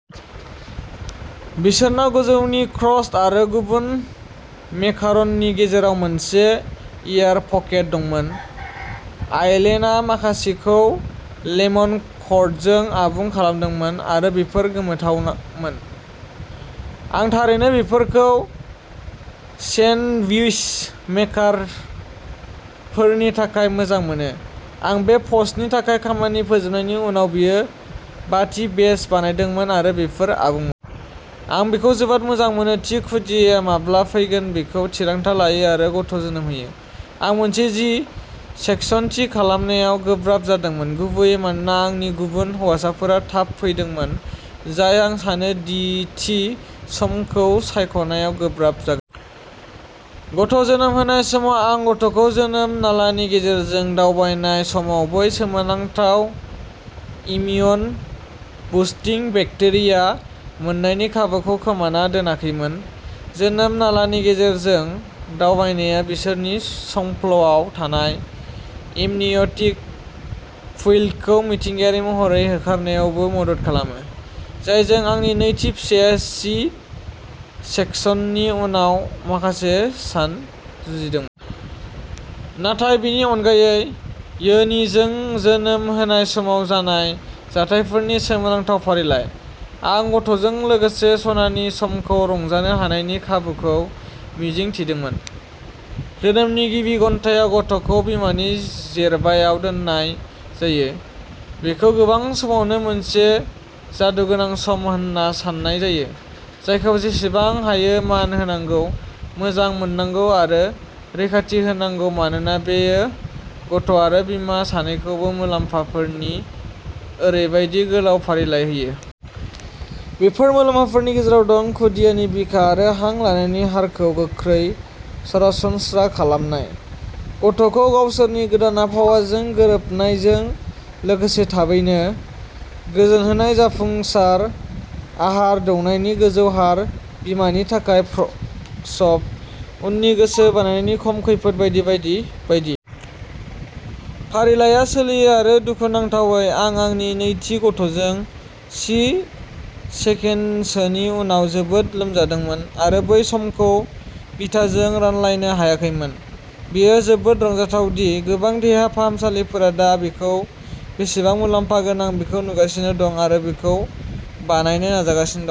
बिसोरनाव गोजौनि क्रस्ट आरो गुबुन मेकार'ननि गेजेराव मोनसे एयार पकेट दंमोन। आइलीनआ माखासेखौ लेमन कर्डजों आबुं खालामदोंमोन आरो बेफोर गोथावमोन! आं थारैनो बेफोरखौ सेन्डविच मेकार'नफोरनि थाखाय मोजां मोनो। आं बे पस्टनि थाखाय खामानि फोजोबनायनि उनाव बियो बाथि बेच बानायदोंमोन आरो बेफोर आबुंमोन। आं बेखौ जोबोद मोजां मोनो दि खुदियाया माब्ला फैगोन बेखौ थिरांथा लायो आरो गथ'जोनोम होयो। आं मोनसे सि-सेकसन थि खालामनायाव गोब्राब जादोंमोन, गुबैयै मानोना आंनि गुबुन हौवासाफोरा थाब फैदोंमोन, जाय आं सानो दि थि समखौ सायख'नायाव गोब्राब जागोन। गथ'जोनोम होनाय समाव आं गथ'खौ जोनोम नालानि गेजेरजों दावबायनाय समाव बै सोमोनांथाव इमिउन बुस्टिं बेक्टेरिया मोननायनि खाबुखौ खोमाना दोनाखैमोन। जोनोम नालानि गेजेरजों दावबायनाया बिसोरनि संफ्ल'आव थानाय एमनिय'टिक फ्लुइडखौ मिथिंगायारि महरै होखारनायावबो मदद खालामो, जायजों आंनि नैथि फिसाया सि-सेकसननि उनाव माखासे सान जुजिदोंमोन। नाथाय बेनि अनगायै। योनिजों जोनोम होनाय समाव जानाय जाथायफोरनि सोमोनांथाव फारिलाइ, आं गथ'जों लोगोसे सनानि समखौ रंजानो हानायनि खाबुखौ मिजिं थिदोंमोन। जोनोमनि गिबि घन्टायाव गथ'खौ बिमानि जेरबायाव दोननाय जायो, बेखौ गोबां समावनो मोनसे "जादुगोनां" सम होनना साननाय जायो, जायखौ जेसेबां हायो मान होनांगौ, मोजां मोननांगौ आरो रैखाथि होनांगौ मानोना बेयो गथ'आरो बिमा सानैखौबो मुलाम्फाफोरनि ओरैबायदि गोलाव फारिलाइ होयो। बेफोर मुलाम्फाफोरनि गेजेराव दं, खुदियानि बिखा आरो हां लानायनि हारखौ गोख्रै सरासनस्रा खालामनाय, गथ'खौ गावसोरनि गोदान आबहावाजों गोरोबहोनायजों लोगोसे थाबैनो गोजोन होनाय, जाफुंसार आहार दौनायनि गोजौ हार, बिमानि थाखाय प्रसब-उननि गोसो बायनायनि खम खैफोद बायदि बायदि बायदि। फारिलाइआ सोलियो आरो दुखुनांथावै, आं आंनि नैथि गथ'जों सि-सेकसननि उनाव जोबोद लोमजादोंमोन आरो बै समखौ बिथांजों रानलायनो हायाखैमोन। बेयो जोबोद रंजाथाव दि गोबां देहा फाहामसालिफोरा दा बेखौ बेसेबां मुलाम्फा गोनां बेखौ नुगासिनो दं आरो बेखौ बानायनो नाजागासिनो दं।